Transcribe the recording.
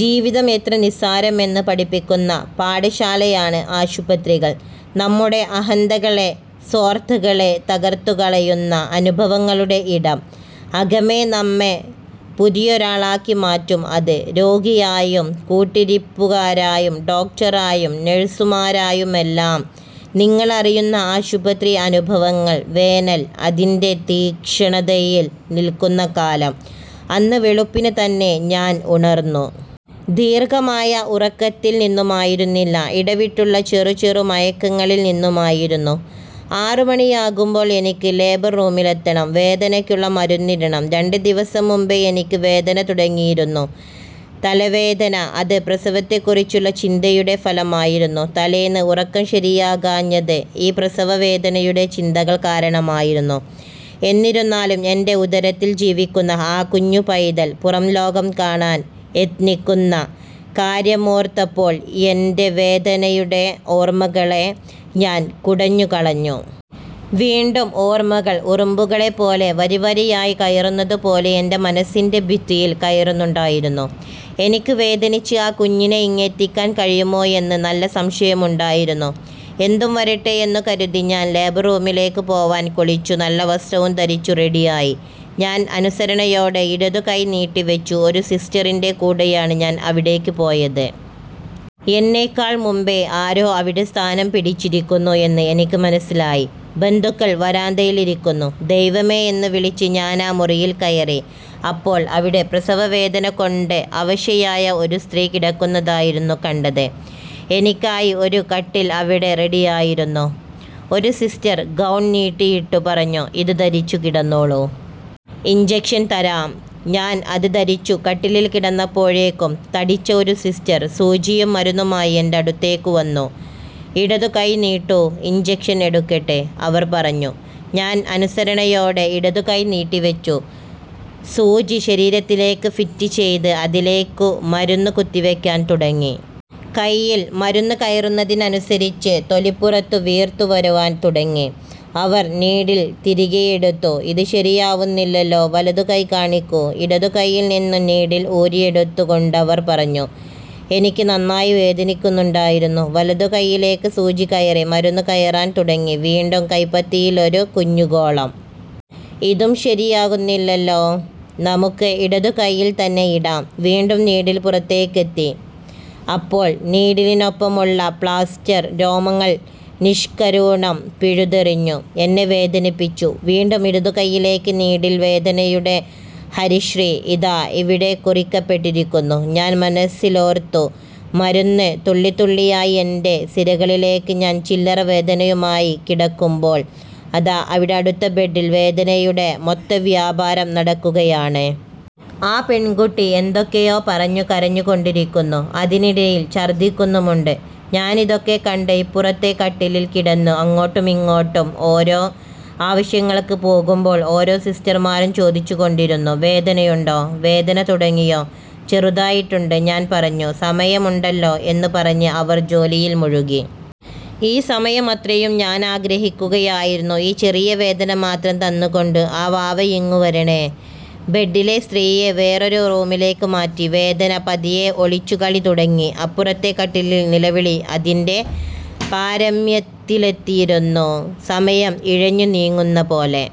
ജീവിതം എത്ര നിസ്സാരമെന്ന് പഠിപ്പിക്കുന്ന പാഠശാലയാണ് ആശുപത്രികള്‍. നമ്മുടെ അഹന്തകളെ, സ്വാര്‍ത്ഥകളെ തകര്‍ത്തുകളയുന്ന അനുഭവങ്ങളുടെ ഇടം. അകമേ നമ്മെ പുതിയൊരാളാക്കി മാറ്റും അത്. രോഗിയായും കൂട്ടിരിപ്പുകാരായും ഡോക്ടറായും നഴ്സുമാരായുമെല്ലാം നിങ്ങളറിയുന്ന ആശുപത്രി അനുഭവങ്ങള്‍. വേനൽ അതിന്‍റെ തീക്ഷ്ണതയിൽ നിൽക്കുന്ന കാലം. അന്ന് വെളുപ്പിന് തന്നെ ഞാൻ ഉണർന്നു. ദീർഘമായ ഉറക്കത്തിൽ നിന്നുമായിരുന്നില്ല ഇടവിട്ടുള്ള ചെറു ചെറു മയക്കങ്ങളിൽ നിന്നുമായിരുന്നു. ആറുമണിയാകുമ്പോൾ എനിക്ക് ലേബർ റൂമിലെത്തണം, വേദനക്കുള്ള മരുന്നിടണം. രണ്ട് ദിവസം മുമ്പേ എനിക്ക് വേദനതുടങ്ങിയിരുന്നു. തലവേദന. അത് പ്രസവത്തെക്കുറിച്ചുള്ള ചിന്തയുടെ ഫലമായിരുന്നു. തലേന്ന് ഉറക്കം ശരിയാകാഞ്ഞത് ഈ പ്രസവവേദനയുടെ ചിന്തകൾ കാരണമായിരുന്നു. എന്നിരുന്നാലും എന്റെ ഉദരത്തിൽ ജീവിക്കുന്ന ആ കുഞ്ഞുപൈതൽ പുറംലോകം കാണാൻ യത്നിക്കുന്ന കാര്യമോർത്തപ്പോൾ എന്‍റെ വേദനയുടെ ഓർമകളെ ഞാൻ കുടഞ്ഞു കളഞ്ഞു. വീണ്ടും ഓർമ്മകൾ ഉറുമ്പുകളെ പോലെ വരിവരിയായി കയറുന്നതുപോലെ എന്‍റെ മനസ്സിന്‍റെ ഭിത്തിയിൽ കയറുന്നുണ്ടായിരുന്നു. എനിക്ക് വേദനിച്ച് ആ കുഞ്ഞിനെ ഇങ്ങെത്തിക്കാൻ കഴിയുമോയെന്ന് നല്ല സംശയമുണ്ടായിരുന്നു. എന്തും വരട്ടെയെന്നു കരുതി ഞാൻ ലേബർറൂമിലേക്കു പോവാൻ കുളിച്ചു നല്ല വസ്ത്രവും ധരിച്ചു റെഡി ആയി. ഞാൻ അനുസരണയോടെ ഇടതു കൈ നീട്ടി വച്ചു ഒരു സിസ്റ്ററിന്‍റെ കൂടെയാണ് ഞാൻ അവിടേക്ക് പോയത്. എന്നേക്കാൾ മുമ്പേ ആരോ അവിടെ സ്ഥാനം പിടിച്ചിരിക്കുന്നു എന്ന് എനിക്ക് മനസ്സിലായി ബന്ധുക്കൾ വരാന്തയിലിരിക്കുന്നു. ' ദൈവമേ ' എന്നുവിളിച്ച് ഞാനാ മുറിയിൽ കയറി. അപ്പോൾ അവിടെ പ്രസവവേദന കൊണ്ട് അവശയായ ഒരു സ്ത്രീ കിടക്കുന്നതായിരുന്നു കണ്ടത്. എനിക്കായി ഒരു കട്ടിൽ അവിടെ റെഡിയായിരുന്നു. ഒരു സിസ്റ്റർ ഗൗൺ നീട്ടിയിട്ടു പറഞ്ഞു, " ഇത് ധരിച്ചു കിടന്നോളൂ. ഇൻജെക്ഷൻ തരാം. " ഞാൻ അത് ധരിച്ചു കട്ടിലിൽ കിടന്നപ്പോഴേക്കും തടിച്ച ഒരു സിസ്റ്റർ സൂചിയും മരുന്നുമായി എന്റെ അടുത്തേക്കു വന്നു. " ഇടതു കൈ നീട്ടൂ, ഇൻജക്ഷൻ എടുക്കട്ടേ '' അവർ പറഞ്ഞു. ഞാൻ അനുസരണയോടെ ഇടതു കൈ നീട്ടി വച്ചു. സൂചി ശരീരത്തിലേക്ക് ഫിറ്റ് ചെയ്ത് അതിലേക്കു മരുന്ന് കുത്തിവയ്ക്കാൻ തുടങ്ങി. കൈയിൽ മരുന്ന് കയറുന്നതിനനുസരിച്ച് തൊലിപ്പുറത്തു വീർത്തു വരുവാൻ തുടങ്ങി. അവർ നീഡിൽ തിരികെയെടുത്തു. " ഇത് ശരിയാവുന്നില്ലല്ലോ, വലതു കൈ കാണിക്കൂ. " ഇടതു കൈയിൽ നിന്ന് നീഡിൽ ഊരിയെടുത്തുകൊണ്ടവർ പറഞ്ഞു. എനിക്ക് നന്നായി വേദനിക്കുന്നുണ്ടായിരുന്നു. വലതു കൈയിലേക്ക് സൂചികയറി. മരുന്ന് കയറാൻ തുടങ്ങി. വീണ്ടും കൈപ്പത്തിയിലൊരു കുഞ്ഞുഗോളം. " ഇതും ശരിയാകുന്നില്ലല്ലോ, നമുക്ക് ഇടതുകൈയിൽ തന്നെ ഇടാം ". വീണ്ടും നീഡിൽ പുറത്തേക്കെത്തി. അപ്പോൾ നീഡിലിനൊപ്പമുള്ള പ്ലാസ്റ്റർ, രോമങ്ങൾ നിഷ്കരുണം പിഴുതെറിഞ്ഞു. എന്നെ വേദനിപ്പിച്ചു. വീണ്ടും ഇടതുകയ്യിലേക്ക് നീഡിൽ വേദനയുടെ ഹരിശ്രീ ഇതാ ഇവിടെ കുറിക്കപ്പെട്ടിരിക്കുന്നു, ഞാൻ മനസ്സിലോർത്തു. മരുന്ന്, തുള്ളിതുള്ളിയായി എന്‍റെ സിരകളിലേക്ക് ഞാൻചില്ലറ വേദനയുമായി കിടക്കുമ്പോൾ അതാ അവിടെ അടുത്ത ബെഡ്ഡിൽ വേദനയുടെ മൊത്തവ്യാപാരം നടക്കുകയാണ്. ആ പെൺകുട്ടി എന്തൊക്കെയോ പറഞ്ഞു കരഞ്ഞു കൊണ്ടിരിക്കുന്നു. അതിനിടയിൽ ഛർദിക്കുന്നുമുണ്ട്. ഞാനിതൊക്കെ കണ്ട് ഇപ്പുറത്തെ കട്ടിലിൽ കിടന്നു. അങ്ങോട്ടുമിങ്ങോട്ടും ഓരോ ആവശ്യങ്ങൾക്ക് പോകുമ്പോൾ ഓരോ സിസ്റ്റർമാരും ചോദിച്ചു കൊണ്ടിരുന്നു, " വേദനയുണ്ടോ "," വേദന തുടങ്ങിയോ? ''," ചെറുതായിട്ടുണ്ട് " ഞാൻ പറഞ്ഞു, " സമയമുണ്ടല്ലോ " എന്ന് പറഞ്ഞ് അവർ ജോലിയിൽ മുഴുകി. ഈ സമയമത്രയും ഞാനാഗ്രഹിക്കുകയായിരുന്നു ഈ ചെറിയ വേദന മാത്രം തന്നുകൊണ്ടു ആ വാവയിങ്ങു വരണേ. ബെഡ്ഡിലെ സ്ത്രീയെ വേറൊരു റൂമിലേക്ക് മാറ്റി വേദന പതിയെ ഒളിച്ചുകളി തുടങ്ങി. അപ്പുറത്തെ കട്ടിലിൽ നിലവിളി അതിന്‍റെ പാരമ്യത്തിലെത്തിയിരുന്നു. സമയം ഇഴഞ്ഞു നീങ്ങുന്നപോലെ.